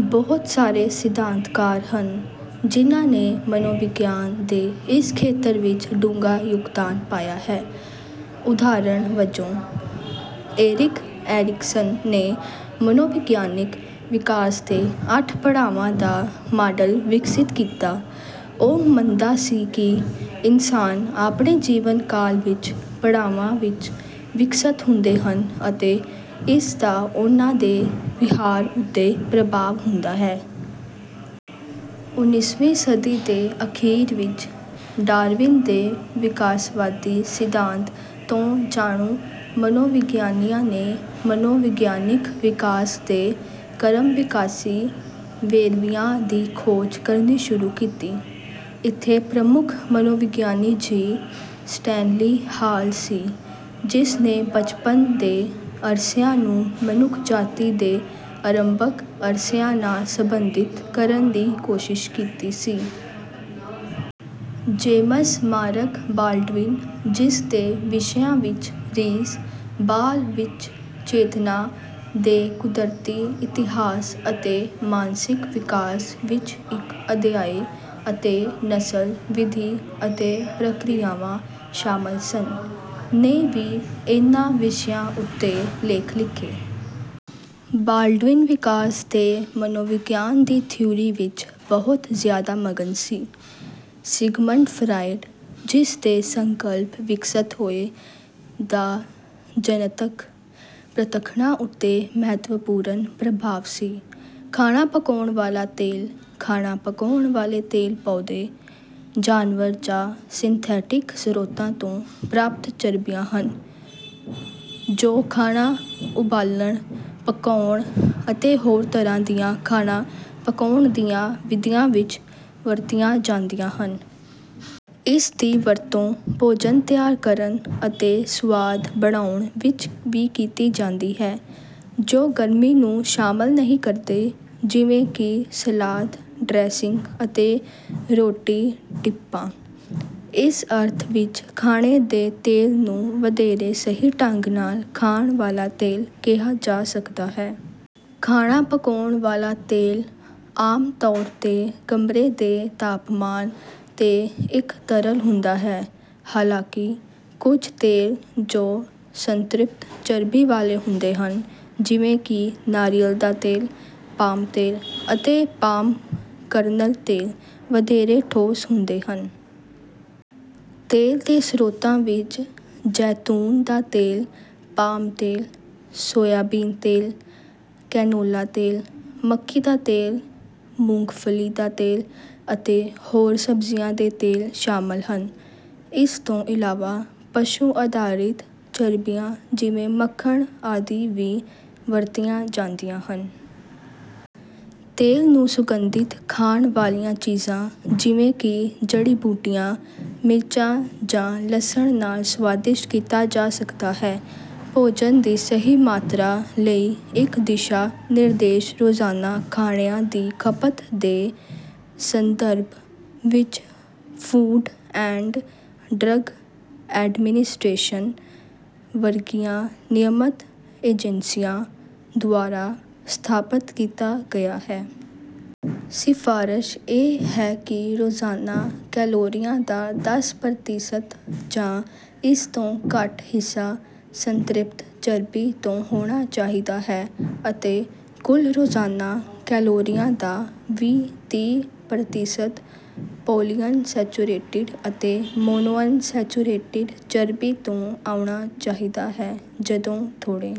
ਬਹੁਤ ਸਾਰੇ ਸਿਧਾਂਤਕਾਰ ਹਨ, ਜਿਨ੍ਹਾਂ ਨੇ ਮਨੋਵਿਗਿਆਨ ਦੇ ਇਸ ਖੇਤਰ ਵਿੱਚ ਡੂੰਘਾ ਯੋਗਦਾਨ ਪਾਇਆ ਹੈ। ਉਦਾਹਰਣ ਵਜੋਂ, ਏਰਿਕ ਐਰਿਕਸਨ ਨੇ ਮਨੋਵਿਗਿਆਨਿਕ ਵਿਕਾਸ ਦੇ ਅੱਠ ਪੜਾਵਾਂ ਦਾ ਮਾਡਲ ਵਿਕਸਿਤ ਕੀਤਾ। ਉਹ ਮੰਨਦਾ ਸੀ ਕਿ ਇਨਸਾਨ ਆਪਣੇ ਜੀਵਨ ਕਾਲ ਵਿੱਚ ਪੜਾਵਾਂ ਵਿੱਚ ਵਿਕਸਤ ਹੁੰਦੇ ਹਨ ਅਤੇ ਇਸ ਦਾ ਉਨ੍ਹਾਂ ਦੇ ਵਿਹਾਰ ਉੱਤੇ ਪ੍ਰਭਾਵ ਹੁੰਦਾ ਹੈ। ਉਨਿਸਵੀਂ ਸਦੀ ਦੇ ਅਖੀਰ ਵਿੱਚ, ਡਾਰਵਿਨ ਦੇ ਵਿਕਾਸਵਾਦੀ ਸਿਧਾਂਤ ਤੋਂ ਜਾਣੂ ਮਨੋਵਿਗਿਆਨੀਆਂ ਨੇ ਮਨੋਵਿਗਿਆਨਿਕ ਵਿਕਾਸ ਦੇ ਕਰਮਵਿਕਾਸੀ ਵੇਰਵਿਆਂ ਦੀ ਖੋਜ ਕਰਨੀ ਸ਼ੁਰੂ ਕੀਤੀ। ਇੱਥੇ ਪ੍ਰਮੁੱਖ ਮਨੋਵਿਗਿਆਨੀ ਜੀ. ਸਟੈਨਲੀ ਹਾਲ ਸੀ, ਜਿਸ ਨੇ ਬਚਪਨ ਦੇ ਅਰਸਿਆਂ ਨੂੰ ਮਨੁੱਖਜਾਤੀ ਦੇ ਅਰੰਭਕ ਅਰਸਿਆਂ ਨਾਲ ਸੰਬੰਧਿਤ ਕਰਨ ਦੀ ਕੋਸ਼ਿਸ਼ ਕੀਤੀ ਸੀ। ਜੇਮਜ਼ ਮਾਰਕ ਬਾਲਡਵਿਨ, ਜਿਸ ਦੇ ਵਿਸ਼ਿਆਂ ਵਿੱਚ ‘ਰੀਸ: ਬਾਲ ਵਿੱਚ ਚੇਤਨਾ ਦੇ ਕੁਦਰਤੀ ਇਤਿਹਾਸ ਅਤੇ ਮਾਨਸਿਕ ਵਿਕਾਸ ਵਿੱਚ ਇੱਕ ਅਧਿਆਇ’ ਅਤੇ ‘ਨਸਲ: ਵਿਧੀ ਅਤੇ ਪ੍ਰਕਿਰਿਆਵਾਂ’ ਸ਼ਾਮਲ ਸਨ, ਨੇ ਵੀ ਇਨ੍ਹਾਂ ਵਿਸ਼ਿਆਂ ਉੱਤੇ ਲੇਖ ਲਿਖੇ। ਬਾਲਡਵਿਨ ਵਿਕਾਸ ਦੇ ਮਨੋਵਿਗਿਆਨ ਦੀ ਥਿਊਰੀ ਵਿੱਚ ਬਹੁਤ ਜ਼ਿਆਦਾ ਮਗਨ ਸੀ। ਸਿਗਮੰਡ ਫਰਾਇਡ, ਜਿਸ ਦੇ ਸੰਕਲਪ ਵਿਕਸਤ ਹੋਏ, ਦਾ ਜਨਤਕ ਪ੍ਰਤੱਖਣਾਂ ਉੱਤੇ ਮਹੱਤਵਪੂਰਨ ਪ੍ਰਭਾਵ ਸੀ। ਖਾਣਾ ਪਕਾਉਣ ਵਾਲਾ ਤੇਲ ਖਾਣਾ ਪਕਾਉਣ ਵਾਲੇ ਤੇਲ ਪੌਦੇ, ਜਾਨਵਰ ਜਾਂ ਸਿੰਥੈਟਿਕ ਸਰੋਤਾਂ ਤੋਂ ਪ੍ਰਾਪਤ ਚਰਬੀਆਂ ਹਨ, ਜੋ ਖਾਣਾ ਉਬਾਲਣ, ਪਕਾਉਣ ਅਤੇ ਹੋਰ ਤਰ੍ਹਾਂ ਦੀਆਂ ਖਾਣਾ ਪਕਾਉਣ ਦੀਆਂ ਵਿਧੀਆਂ ਵਿੱਚ ਵਰਤੀਆਂ ਜਾਂਦੀਆਂ ਹਨ। ਇਸ ਦੀ ਵਰਤੋਂ ਭੋਜਨ ਤਿਆਰ ਕਰਨ ਅਤੇ ਸੁਆਦ ਬਣਾਉਣ ਵਿੱਚ ਵੀ ਕੀਤੀ ਜਾਂਦੀ ਹੈ, ਜੋ ਗਰਮੀ ਨੂੰ ਸ਼ਾਮਲ ਨਹੀਂ ਕਰਦੇ, ਜਿਵੇਂ ਕਿ ਸਲਾਦ ਡ੍ਰੈਸਿੰਗ ਅਤੇ ਰੋਟੀ ਡਿੱਪਾਂ। ਇਸ ਅਰਥ ਵਿੱਚ, ਖਾਣੇ ਦੇ ਤੇਲ ਨੂੰ ਵਧੇਰੇ ਸਹੀ ਢੰਗ ਨਾਲ ‘ਖਾਣ ਵਾਲਾ ਤੇਲ’ ਕਿਹਾ ਜਾ ਸਕਦਾ ਹੈ। ਖਾਣਾ ਪਕਾਉਣ ਵਾਲਾ ਤੇਲ ਆਮ ਤੌਰ ’ਤੇ ਕਮਰੇ ਦੇ ਤਾਪਮਾਨ ’ਤੇ ਇੱਕ ਤਰਲ ਹੁੰਦਾ ਹੈ। ਹਾਲਾਂਕਿ, ਕੁਝ ਤੇਲ ਜੋ ਸੰਤ੍ਰਿਪਤ ਚਰਬੀ ਵਾਲੇ ਹੁੰਦੇ ਹਨ, ਜਿਵੇਂ ਕਿ ਨਾਰੀਅਲ ਦਾ ਤੇਲ, ਪਾਮ ਤੇਲ ਅਤੇ ਪਾਮ ਕਰਨਲ ਤੇਲ, ਵਧੇਰੇ ਠੋਸ ਹੁੰਦੇ ਹਨ। ਤੇਲ ਦੇ ਸਰੋਤਾਂ ਵਿੱਚ ਜੈਤੂਨ ਦਾ ਤੇਲ, ਪਾਮ ਤੇਲ, ਸੋਇਆਬੀਨ ਤੇਲ, ਕੈਨੋਲਾ ਤੇਲ, ਮੱਕੀ ਦਾ ਤੇਲ, ਮੂੰਗਫਲੀ ਦਾ ਤੇਲ ਅਤੇ ਹੋਰ ਸਬਜ਼ੀਆਂ ਦੇ ਤੇਲ ਸ਼ਾਮਲ ਹਨ। ਇਸ ਤੋਂ ਇਲਾਵਾ, ਪਸ਼ੂ-ਆਧਾਰਿਤ ਚਰਬੀਆਂ, ਜਿਵੇਂ ਮੱਖਣ ਆਦਿ, ਵੀ ਵਰਤੀਆਂ ਜਾਂਦੀਆਂ ਹਨ। ਤੇਲ ਨੂੰ ਸੁਗੰਧਿਤ ਖਾਣ ਵਾਲੀਆਂ ਚੀਜ਼ਾਂ, ਜਿਵੇਂ ਕਿ ਜੜੀ-ਬੂਟੀਆਂ, ਮਿਰਚਾਂ ਜਾਂ ਲਸਣ ਨਾਲ ਸੁਆਦਿਸ਼ਟ ਕੀਤਾ ਜਾ ਸਕਦਾ ਹੈ। ਭੋਜਨ ਦੀ ਸਹੀ ਮਾਤਰਾ ਲਈ ਇੱਕ ਦਿਸ਼ਾ-ਨਿਰਦੇਸ਼ ਰੋਜ਼ਾਨਾ ਖਾਣਿਆਂ ਦੀ ਖਪਤ ਦੇ ਸੰਦਰਭ ਵਿੱਚ ਫੂਡ ਐਂਡ ਡਰੱਗ ਐਡਮਿਨਿਸਟ੍ਰੇਸ਼ਨ ਵਰਗੀਆਂ ਨਿਯਮਤ ਏਜੰਸੀਆਂ ਦੁਆਰਾ ਸਥਾਪਤ ਕੀਤਾ ਗਿਆ ਹੈ। ਸਿਫ਼ਾਰਸ਼ ਇਹ ਹੈ ਕਿ ਰੋਜ਼ਾਨਾ ਕੈਲੋਰੀਆਂ ਦਾ ਦੱਸ ਪਰਤੀਸਤ ਜਾਂ ਇਸ ਤੋਂ ਘੱਟ ਹਿੱਸਾ ਸੰਤ੍ਰਿਪਤ ਚਰਬੀ ਤੋਂ ਹੋਣਾ ਚਾਹੀਦਾ ਹੈ ਅਤੇ ਕੁੱਲ ਰੋਜ਼ਾਨਾ ਕੈਲੋਰੀਆਂ ਦਾ ਵੀਂ-ਤੀ ਪਰਤੀਸਤ ਪੌਲੀਅਨਸੈਚੁਰੇਟਿਡ ਅਤੇ ਮੋਨੋਅਨਸੈਚੁਰੇਟਿਡ ਚਰਬੀ ਤੋਂ ਆਉਣਾ ਚਾਹੀਦਾ ਹੈ। ਜਦੋਂ ਥੋੜੇ